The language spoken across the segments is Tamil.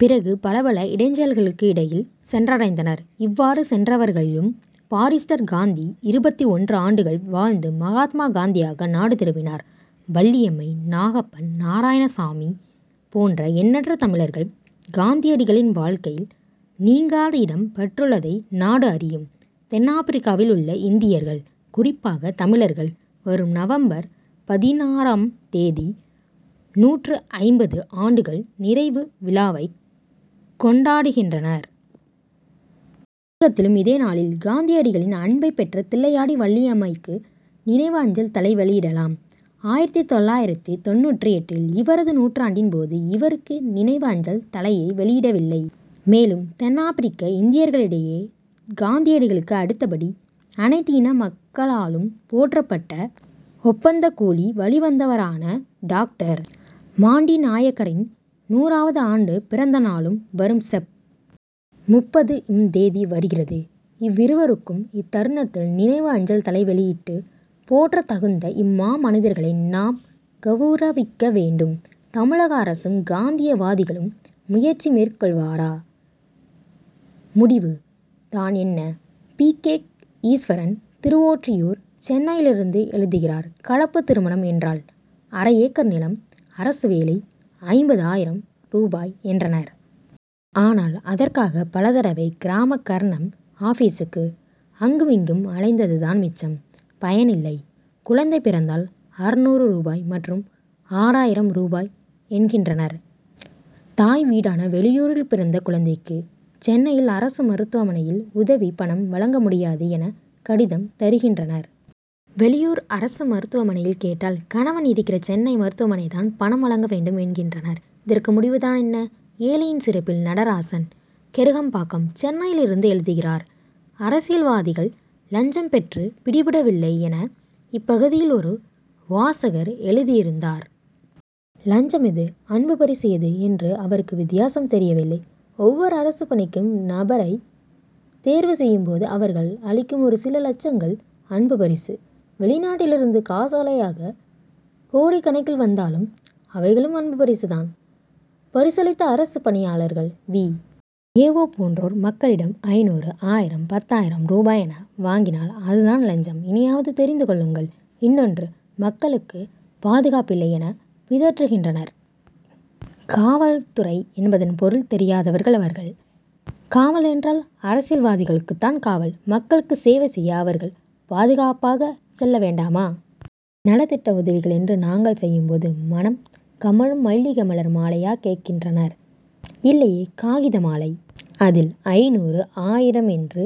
பிறகு, பலபல இடைஞ்சல்களுக்கு இடையில் சென்றடைந்தனர். இவ்வாறு சென்றவர்களிலும், பாரிஸ்டர் காந்தி இருபத்து ஒன்று ஆண்டுகள் வாழ்ந்து, மகாத்மா காந்தியாக நாடு திரும்பினர். வள்ளியம்மை, நாகப்பன், நாராயணசாமி போன்ற எண்ணற்ற தமிழர்கள், காந்தியடிகளின் வாழ்க்கையில் நீங்காத இடம் பெற்றுள்ளதை நாடு அறியும். தென்னாப்ரிக்காவில் உள்ள இந்தியர்கள், குறிப்பாக தமிழர்கள், வரும் நவம்பர் பதினாறாம் தேதி, நூற்று ஐம்பது ஆண்டுகள் நிறைவு விழாவை கொண்டாடுகின்றனர். தமிழகத்திலும் இதே நாளில், காந்தியடிகளின் அன்பைப் பெற்ற தில்லையாடி வள்ளியம்மைக்கு நினைவு அஞ்சல் தலை வெளியிடலாம். ஆயிரத்து தொள்ளாயிரத்து தொண்ணூற்று எட்டில் இவரது நூற்றாண்டின் போது, இவருக்கு நினைவு அஞ்சல் தலையை வெளியிடவில்லை. மேலும், தென்னாப்ரிக்க இந்தியர்களிடையே காந்தியடிகளுக்கு அடுத்தபடி, அனைத்து இன மக்களாலும் போற்றப்பட்ட, ஒப்பந்த கூலி' வழிவந்தவரான டாக்டர் மாண்டிநாய்க்கரின் நூறாவது ஆண்டு பிறந்த நாளும், வரும் செப்., முப்பது ம் தேதி வருகிறது. இவ்விருவருக்கும் இத்தருணத்தில் நினைவு அஞ்சல் தலை வெளியிட்டு, போற்றத் தகுந்த இம்மாமனிதர்களை, நாம் கவுரவிக்க வேண்டும். தமிழக அரசும், காந்தியவாதிகளும் முயற்சி மேற் கொள்வரா? முடிவு தான் என்ன? பி. கே. ஈஸ்வரன், திருவொற்றியூர், சென்னையிலிருந்து எழுதுகிறார்: கலப்பு திருமணம் என்றால், அரை ஏக்கர் நிலம், அரசு வேலை, ஐம்பது ஆயிரம் ரூபாய் என்றனர். ஆனால், அதற்காக பலதடவை கிராம கர்ணம் ஆபீசுக்கு, அங்கும் இங்கும் அலைந்தது தான் மிச்சம்; பயனில்லை. குழந்தை பிறந்தால், அறுநூறு ரூபாய் மற்றும் ஆறாயிரம் ரூபாய் என்கின்றனர். தாய் வீடான வெளியூரில் பிறந்த குழந் தைக்கு, சென்னையில் அரசு மருத்துவமனையில் உதவி பணம் வழங்க முடியாது' என, கடிதம் தருகின்றனர். வெளியூர் அரசு மருத்துவ மனையில் கேட் டால், கணவன் இருக்கிற சென்னை மருத்துவமனை தான் பணம் வழங்க வேண்டும்' என்கின்றனர். இதற்கு முடிவு தான் என்ன? ஏழையின் சிரிப்பில்: நடராஜன், கெருகம்பாக்கம், சென்னையிலிருந்து எழுதுகிறார்: அரசியல்வாதிகள் லஞ்சம் பெற்று பிடிபடவில்லை' என, இப்பகுதியில் ஒரு வாசகர் எழுதியிருந்தார். லஞ்சம் எது, அன்புப் பரிசு எது என்று அவருக்கு வித்தியாசம் தெரியவில்லை. ஒவ்வொரு அரசுப் பணிக்கும் நபரை தேர்வு செய்யும் போது, அவர்கள் அளிக்கும் ஒரு சில லட்சங்கள் அன்பு பரிசு. வெளிநாட்டிலிருந்து காசோலையாக கோடிக்கணக்கில் வந்தாலும், அவைகளும் அன்பு பரிசு தான். பரிசளித்த அரசு பணியாளர்கள், வி. ஏ. ஓ., போன்றோர் மக்களிடம் ஐநூறு, ஆயிரம் பத்து ஆயிரம் ரூபாய் என வாங்கினால், அது தான் லஞ்சம்; இனியாவது தெரிந்து கொள்ளுங்கள்இன்னொன்று, மக்களுக்கு பாதுகாப்பில்லை' என பிதற்றுகின்றனர். காவல்துறை என்பதன் பொருள் தெரியாதவர்கள் அவர்கள். காவல் என்றால், அரசியல்வாதிகளுக்குத் தான் காவல். மக்களுக்கு சேவை செய்ய அவர்கள் பாதுகாப்பாக செல்ல வேண்டாமா? நலத்திட்ட உதவிகள் என்று நாங்கள் செய்யும் போது, மணம் கமழும் மல்லிகை மலர் மாலையா கேட்கின்றனர்? இல்லையே! காகித மாலை. அதில், ஐநூறு, ஆயிரம் என்று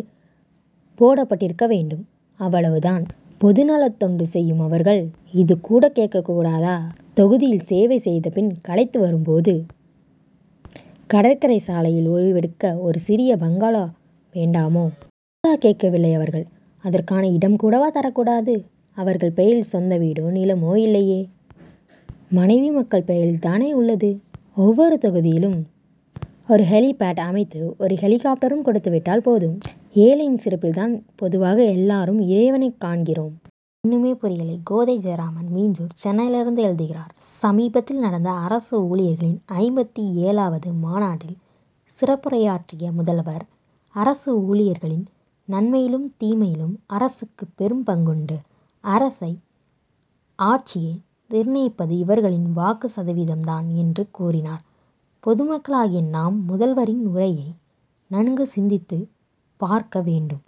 போடப்பட்டிருக்க வேண்டும்; அவ்வளவு தான்! பொதுநலத் தொண்டு செய்யும் அவர்கள், இது கூட கேட்கக் கூடாதா? தொகுதியில் சேவை செய்த பின் களைத்து வரும் போது, கடற்கரை சாலையில் ஓய்வெடுக்க ஒரு சிறிய பங்களா வேண்டாமோ? பங்களா கேட்கவில்லை அவர்கள், அதற்கான இடம் கூடவா தரக்கூடாது? அவர்கள் பெயரில் சொந்த வீடோ, நிலமோ இல்லையே! மனைவி, மக்கள் பெயரில் தானே உள்ளது. ஒவ்வொரு தொகுதியிலும், ஒரு ஹெலிபேட் அமைத்து, ஒரு ஹெலிகாப்டரும் கொடுத்து விட்டால் போதும். ஏழையின் சிரிப்பில் தான் பொதுவாக எல்லாரும் இறைவனைக் காண்கிறோம். ஒண்ணுமே புரியலே: கோதை ஜெயராமன், மீஞ்சூர், சென்னையிலிருந்து எழுதுகிறார்: சமீபத்தில் நடந்த அரசு ஊழியர்களின் ஐம்பத்து ஏழு வது மாநாட்டில் சிறப்புரையாற்றிய முதல்வர், அரசு ஊழியர்களின் நன்மையிலும், தீமையிலும் அரசுக்கு பெரும் பங்குண்டு; அரசை, ஆட்சியை நிர்ணயிப்பது இவர்களின் வாக்கு சதவீதம் தான்' என்று கூறினார். பொதுமக்களாகிய நாம், முதல்வரின் உரையை நன்கு சிந்தித்து பார்க்க வேண்டும்.